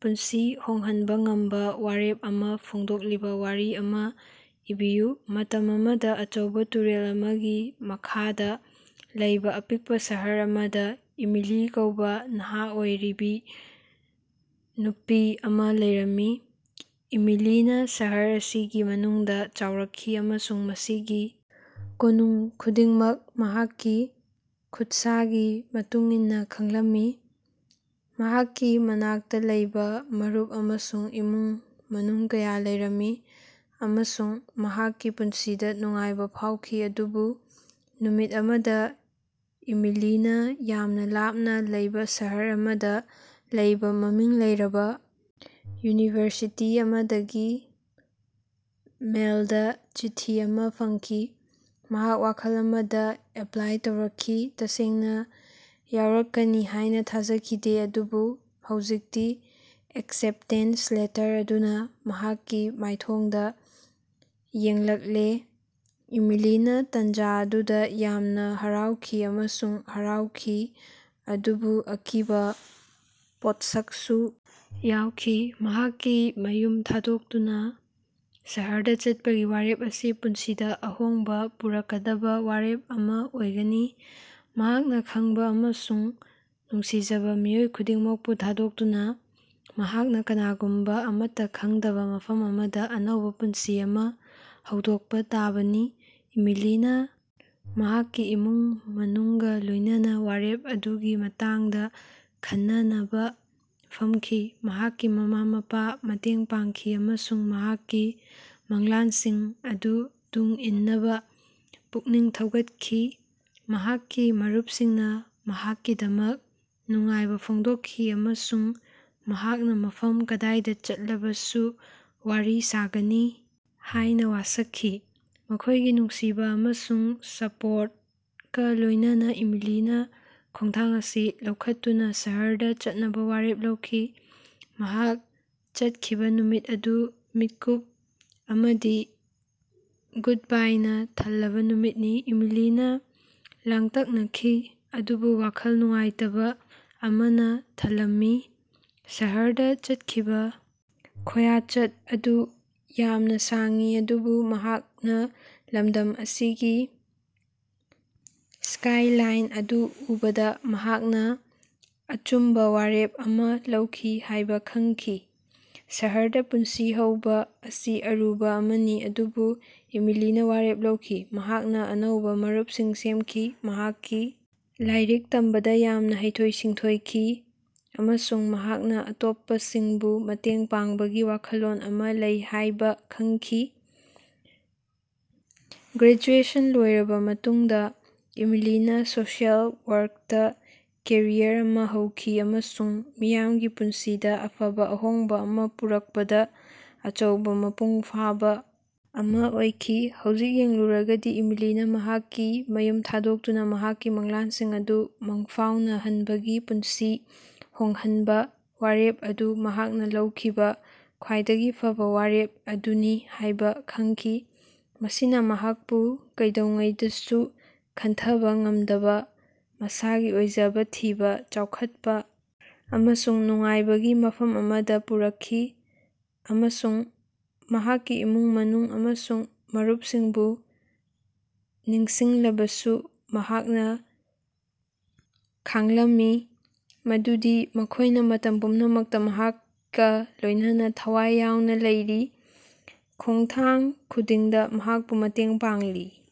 ꯄꯨꯟꯁꯤ ꯍꯣꯡꯍꯟꯕꯥ ꯉꯝꯕꯥ ꯋꯥꯔꯦꯞ ꯑꯃꯥ ꯐꯣꯡꯗꯣꯛꯂꯤꯕꯥ ꯋꯥꯔꯤ ꯑꯃꯥ ꯏꯕꯤꯌꯨ꯫ ꯃꯇꯝ ꯑꯃꯗꯥ ꯑꯆꯧꯕꯥ ꯇꯨꯔꯦꯜ ꯑꯃꯒꯤ ꯃꯈꯥꯗꯥ ꯂꯩꯕꯥ ꯑꯄꯤꯛꯄꯥ ꯁꯍꯔ ꯑꯃꯗꯥ ꯏꯃꯤꯂꯤ ꯀꯧꯕꯥ ꯅꯍꯥ ꯑꯣꯏꯔꯤꯕꯥ ꯅꯨꯄꯤ ꯑꯃꯥ ꯂꯩꯔꯝꯃꯤ꯫ ꯏꯃꯤꯂꯤꯅꯥ ꯁꯍꯔ ꯑꯁꯤꯒꯤ ꯃꯅꯨꯡꯗꯥ ꯆꯥꯎꯔꯛꯈꯤ, ꯑꯃꯁꯨꯡ ꯃꯁꯤꯒꯤ ꯀꯣꯅꯨꯡ ꯈꯨꯗꯤꯡꯃꯛ ꯃꯍꯥꯛꯀꯤ ꯈꯨꯠꯁꯥꯒꯤ ꯃꯇꯨꯡ ꯏꯟꯅꯥ ꯈꯪꯂꯝꯃꯤ꯫ ꯃꯍꯥꯛꯀꯤ ꯃꯅꯥꯛꯇꯥ ꯂꯩꯕꯥ ꯃꯔꯨꯞ ꯑꯃꯁꯨꯡ ꯏꯃꯨꯡ ꯃꯅꯨꯡ ꯀꯌꯥ ꯂꯩꯔꯝꯃꯤ, ꯑꯃꯁꯨꯡ ꯃꯍꯥꯛꯀꯤ ꯄꯨꯟꯁꯤꯗꯥ ꯅꯨꯡꯉꯥꯏꯕꯥ ꯐꯥꯎꯈꯤ꯫ ꯑꯗꯨꯕꯨ ꯅꯨꯃꯤꯠ ꯑꯃꯗꯥ ꯏꯃꯤꯂꯤꯅꯥ ꯌꯥꯝꯅꯥ ꯂꯥꯞꯅꯥ ꯂꯩꯕꯥ ꯁꯍꯔ ꯑꯃꯗꯥ ꯂꯩꯕꯥ ꯃꯃꯤꯡ ꯂꯩꯔꯕꯥ ꯌꯨꯅꯤꯚꯔꯁꯤꯇꯤ ꯑꯃꯗꯒꯤ ꯃꯦꯜꯗꯥ ꯆꯤꯊꯤ ꯑꯃꯥ ꯐꯪꯈꯤ꯫ ꯃꯍꯥꯛ ꯋꯥꯈꯜ ꯑꯃꯗꯥ ꯑꯦꯞꯄꯂꯥꯏ ꯇꯧꯔꯛꯈꯤ, ꯇꯁꯦꯡꯅꯥ ꯌꯥꯑꯣꯔꯛꯀꯅꯤ ꯍꯥꯏꯅꯥ ꯊꯥꯖꯈꯤꯗꯦ, ꯑꯗꯨꯕꯨ ꯍꯧꯖꯤꯛꯇꯤ ꯑꯦꯛꯁꯦꯞꯇꯦꯟꯁ ꯂꯦꯇꯔ ꯑꯗꯨꯅꯥ ꯃꯍꯥꯛꯀꯤ ꯃꯥꯏꯊꯣꯡꯗꯥ ꯌꯦꯡꯂꯛꯂꯦ꯫ ꯏꯃꯤꯂꯤꯅꯥ ꯇꯥꯟꯖꯥ ꯑꯗꯨꯗꯥ ꯌꯥꯝꯅꯥ ꯍꯔꯥꯎꯈꯤ ꯑꯃꯁꯨꯡ ꯍꯔꯥꯎꯈꯤ, ꯑꯗꯨꯕꯨ ꯑꯀꯤꯕꯥ ꯄꯣꯛꯁꯛꯁꯨ ꯌꯥꯎꯈꯤ꯫ ꯃꯍꯥꯛꯀꯤ ꯃꯌꯨꯝ ꯊꯥꯗꯣꯛꯇꯨꯅꯥ ꯁꯍꯔꯗꯥ ꯆꯠꯄꯒꯤ ꯋꯥꯔꯦꯞ ꯑꯁꯤ ꯄꯨꯟꯁꯤꯗꯥ ꯑꯍꯣꯡꯕꯥ ꯄꯨꯔꯛꯀꯗꯕꯥ ꯋꯥꯔꯦꯞ ꯑꯃꯥ ꯑꯣꯏꯒꯅꯤ꯫ ꯃꯍꯥꯛꯅꯥ ꯈꯪꯕꯥ ꯑꯃꯁꯨꯡ ꯅꯨꯡꯁꯤꯖꯕꯥ ꯃꯤꯑꯣꯏ ꯈꯨꯗꯤꯡꯃꯛꯄꯨ ꯊꯥꯗꯣꯛꯇꯨꯅꯥ, ꯃꯍꯥꯛꯅꯥ ꯀꯅꯥꯒꯨꯝꯕꯥ ꯑꯃꯠꯇꯥ ꯈꯪꯗꯕꯥ ꯃꯐꯝ ꯑꯃꯗꯥ ꯑꯅꯧꯕꯥ ꯄꯨꯟꯁꯤ ꯑꯃꯥ ꯍꯧꯗꯣꯛꯄꯥ ꯇꯥꯕꯅꯤ꯫ ꯏꯃꯤꯂꯤꯅꯥ ꯃꯍꯥꯛꯀꯤ ꯏꯃꯨꯡ ꯃꯅꯨꯡꯒꯥ ꯂꯣꯏꯅꯅꯥ ꯋꯥꯔꯦꯞ ꯑꯗꯨꯒꯤ ꯃꯇꯥꯡꯗꯥ ꯈꯟꯅꯅꯕꯥ ꯐꯝꯈꯤ꯫ ꯃꯍꯥꯛꯀꯤ ꯃꯃꯥ-ꯃꯄꯥꯅꯥ ꯃꯇꯦꯡ ꯄꯥꯡꯈꯤ ꯑꯃꯁꯨꯡ ꯃꯍꯥꯛꯀꯤ ꯃꯪꯂꯥꯟꯁꯤꯡ ꯑꯗꯨ ꯇꯨꯡ ꯏꯟꯅꯕꯥ ꯄꯨꯛꯅꯤꯡ ꯊꯧꯒꯠꯈꯤ꯫ ꯃꯍꯥꯛꯀꯤ ꯃꯔꯨꯄꯁꯤꯡꯅꯥ ꯃꯍꯥꯛꯀꯤꯗꯃꯛ ꯅꯨꯡꯉꯥꯏꯕꯥ ꯐꯣꯡꯗꯣꯛꯈꯤ ꯑꯃꯁꯨꯡ ꯃꯍꯥꯛꯅꯥ ꯃꯐꯝ ꯀꯗꯥꯏꯗꯥ ꯆꯠꯂꯕꯁꯨ ꯋꯥꯔꯤ ꯁꯥꯒꯅꯤ ꯍꯥꯏꯅꯥ ꯋꯥꯁꯛꯈꯤ꯫ ꯃꯈꯣꯏꯒꯤ ꯅꯨꯡꯁꯤꯕꯥ ꯑꯃꯁꯨꯡ ꯁꯄꯣꯔꯇꯀꯥ ꯂꯣꯏꯅꯅꯥ ꯏꯃꯤꯂꯤꯅꯥ ꯈꯣꯡꯊꯥꯡ ꯑꯁꯤ ꯂꯧꯈꯠꯇꯨꯅꯥ ꯁꯍꯔꯗꯥ ꯆꯠꯅꯕꯥ ꯋꯥꯔꯦꯞ ꯂꯧꯈꯤ꯫ ꯃꯍꯥꯛ ꯆꯠꯈꯤꯕꯥ ꯅꯨꯃꯤꯠ ꯑꯗꯨ ꯃꯤꯠꯀꯨꯞ ꯑꯃꯗꯤ ꯒꯨꯗꯕꯥꯏꯅꯥ ꯊꯜꯂꯕꯥ ꯅꯨꯃꯤꯠꯅꯤ꯫ ꯏꯃꯤꯂꯤꯅꯥ ꯂꯥꯡꯇꯛꯅꯈꯤ, ꯑꯗꯨꯕꯨ ꯋꯥꯈꯜ ꯅꯨꯡꯉꯥꯏꯇꯕꯥ ꯑꯃꯅꯥ ꯊꯜꯂꯝꯃꯤ꯫ ꯁꯍꯔꯗꯥ ꯆꯠꯈꯤꯕꯥ ꯈꯣꯉꯆꯠ ꯑꯗꯨ ꯌꯥꯝꯅꯥ ꯁꯥꯡꯏ ꯑꯗꯨꯕꯨ ꯃꯍꯥꯛꯅꯥ ꯂꯃꯗꯝ ꯑꯁꯤꯒꯤ ꯁ꯭ꯀꯥꯏꯂꯥꯏꯟ ꯑꯗꯨ ꯎꯕꯗꯥ ꯃꯍꯥꯛꯅꯥ ꯑꯆꯨꯝꯕꯥ ꯋꯥꯔꯦꯞ ꯑꯃꯥ ꯂꯧꯈꯤ ꯍꯥꯏꯕꯥ ꯈꯪꯈꯤ꯫ ꯁꯍꯔꯗꯥ ꯄꯨꯟꯁꯤ ꯍꯧꯕꯥ ꯑꯁꯤ ꯑꯔꯨꯕꯥ ꯑꯃꯅꯤ ꯑꯗꯨꯕꯨ ꯏꯃꯤꯂꯤꯅꯥ ꯋꯥꯔꯦꯞ ꯂꯧꯈꯤ꯫ ꯃꯍꯥꯛꯅꯥ ꯑꯅꯧꯕꯥ ꯃꯔꯨꯄꯁꯤꯡ ꯁꯦꯝꯈꯤ, ꯃꯍꯥꯛꯀꯤ ꯂꯥꯏꯔꯤꯛ ꯇꯝꯕꯗꯥ ꯌꯥꯝꯅꯥ ꯍꯩꯊꯣꯏ-ꯁꯤꯡꯊꯣꯏꯈꯤ ꯑꯃꯁꯨꯡ ꯃꯍꯥꯛꯅꯥ ꯑꯇꯣꯞꯄꯁꯤꯡꯕꯨ ꯃꯇꯦꯡ ꯄꯥꯡꯕꯒꯤ ꯋꯥꯈꯜꯂꯣꯟ ꯑꯃꯥ ꯂꯩ ꯍꯥꯏꯕꯥ ꯈꯪꯈꯤ꯫ ꯒ꯭ꯔꯦꯖꯨꯑꯦꯁꯟ ꯂꯣꯏꯔꯕꯥ ꯃꯇꯨꯡꯗꯥ ꯏꯃꯤꯂꯤꯅꯥ ꯁꯣꯁꯤꯑꯦꯜ ꯋꯥꯔꯛꯇꯥ ꯀꯦꯔꯤꯌꯔ ꯑꯃꯥ ꯍꯧꯈꯤ ꯑꯃꯁꯨꯡ ꯃꯤꯌꯥꯝꯒꯤ ꯄꯨꯟꯁꯤꯗꯥ ꯑꯐꯕꯥ ꯑꯍꯣꯡꯕꯥ ꯑꯃꯥ ꯄꯨꯔꯛꯄꯗꯥ ꯑꯆꯧꯕꯥ ꯃꯄꯨꯡ ꯐꯥꯕꯥ ꯑꯃꯥ ꯐꯪꯈꯤ꯫ ꯍꯧꯖꯤꯛ ꯌꯦꯡꯂꯨꯔꯒꯗꯤ ꯏꯃꯤꯂꯤꯅꯥ ꯃꯍꯥꯛꯀꯤ ꯃꯌꯨꯝ ꯊꯥꯗꯣꯛꯇꯨꯅꯥ ꯃꯍꯥꯛꯀꯤ ꯃꯪꯂꯥꯟꯁꯤꯡ ꯑꯗꯨ ꯃꯪꯐꯥꯎꯅꯍꯟꯕꯒꯤ ꯄꯨꯟꯁꯤ ꯍꯣꯡꯍꯟꯕꯥ ꯋꯥꯔꯦꯞ ꯑꯗꯨ ꯃꯍꯥꯛꯅꯥ ꯂꯧꯈꯤꯕꯥ ꯈ꯭ꯋꯥꯏꯗꯒꯤ ꯐꯕꯥ ꯋꯥꯔꯦꯞ ꯑꯗꯨꯅꯤ ꯍꯥꯏꯕꯥ ꯈꯪꯈꯤ꯫ ꯃꯁꯤꯅꯥ ꯃꯍꯥꯛꯄꯨ ꯀꯩꯗꯧꯉꯩꯗꯁꯨ ꯈꯟꯊꯕꯥ ꯉꯝꯗꯕꯥ ꯃꯁꯥꯒꯤ ꯑꯣꯏꯖꯕꯥ ꯊꯤꯕꯥ, ꯆꯥꯎꯈꯠꯄꯥ ꯑꯃꯁꯨꯡ ꯅꯨꯡꯉꯥꯏꯕꯒꯤ ꯃꯐꯝ ꯑꯃꯗꯥ ꯄꯨꯔꯛꯈꯤ꯫ ꯑꯃꯁꯨꯡ ꯃꯍꯥꯛꯀꯤ ꯏꯃꯨꯡ ꯃꯅꯨꯡ ꯑꯃꯁꯨꯡ ꯃꯔꯨꯄꯁꯤꯡꯕꯨ ꯅꯤꯡꯁꯤꯡꯂꯕꯁꯨ ꯃꯍꯥꯛꯅꯥ ꯈꯥꯡꯂꯝꯃꯤ ꯃꯗꯨꯗꯤ ꯃꯈꯣꯏꯅꯥ ꯃꯇꯝ ꯄꯨꯝꯅꯃꯛꯇꯥ ꯃꯍꯥꯛꯀꯥ ꯂꯣꯏꯅꯅꯥ ꯊꯋꯥꯏ ꯌꯥꯎꯅꯥ ꯂꯩꯔꯤ, ꯈꯣꯉꯊꯥꯡ ꯈꯨꯗꯤꯡꯗꯥ ꯃꯍꯥꯛꯄꯨ ꯃꯇꯦꯡ ꯄꯥꯡꯂꯤ꯫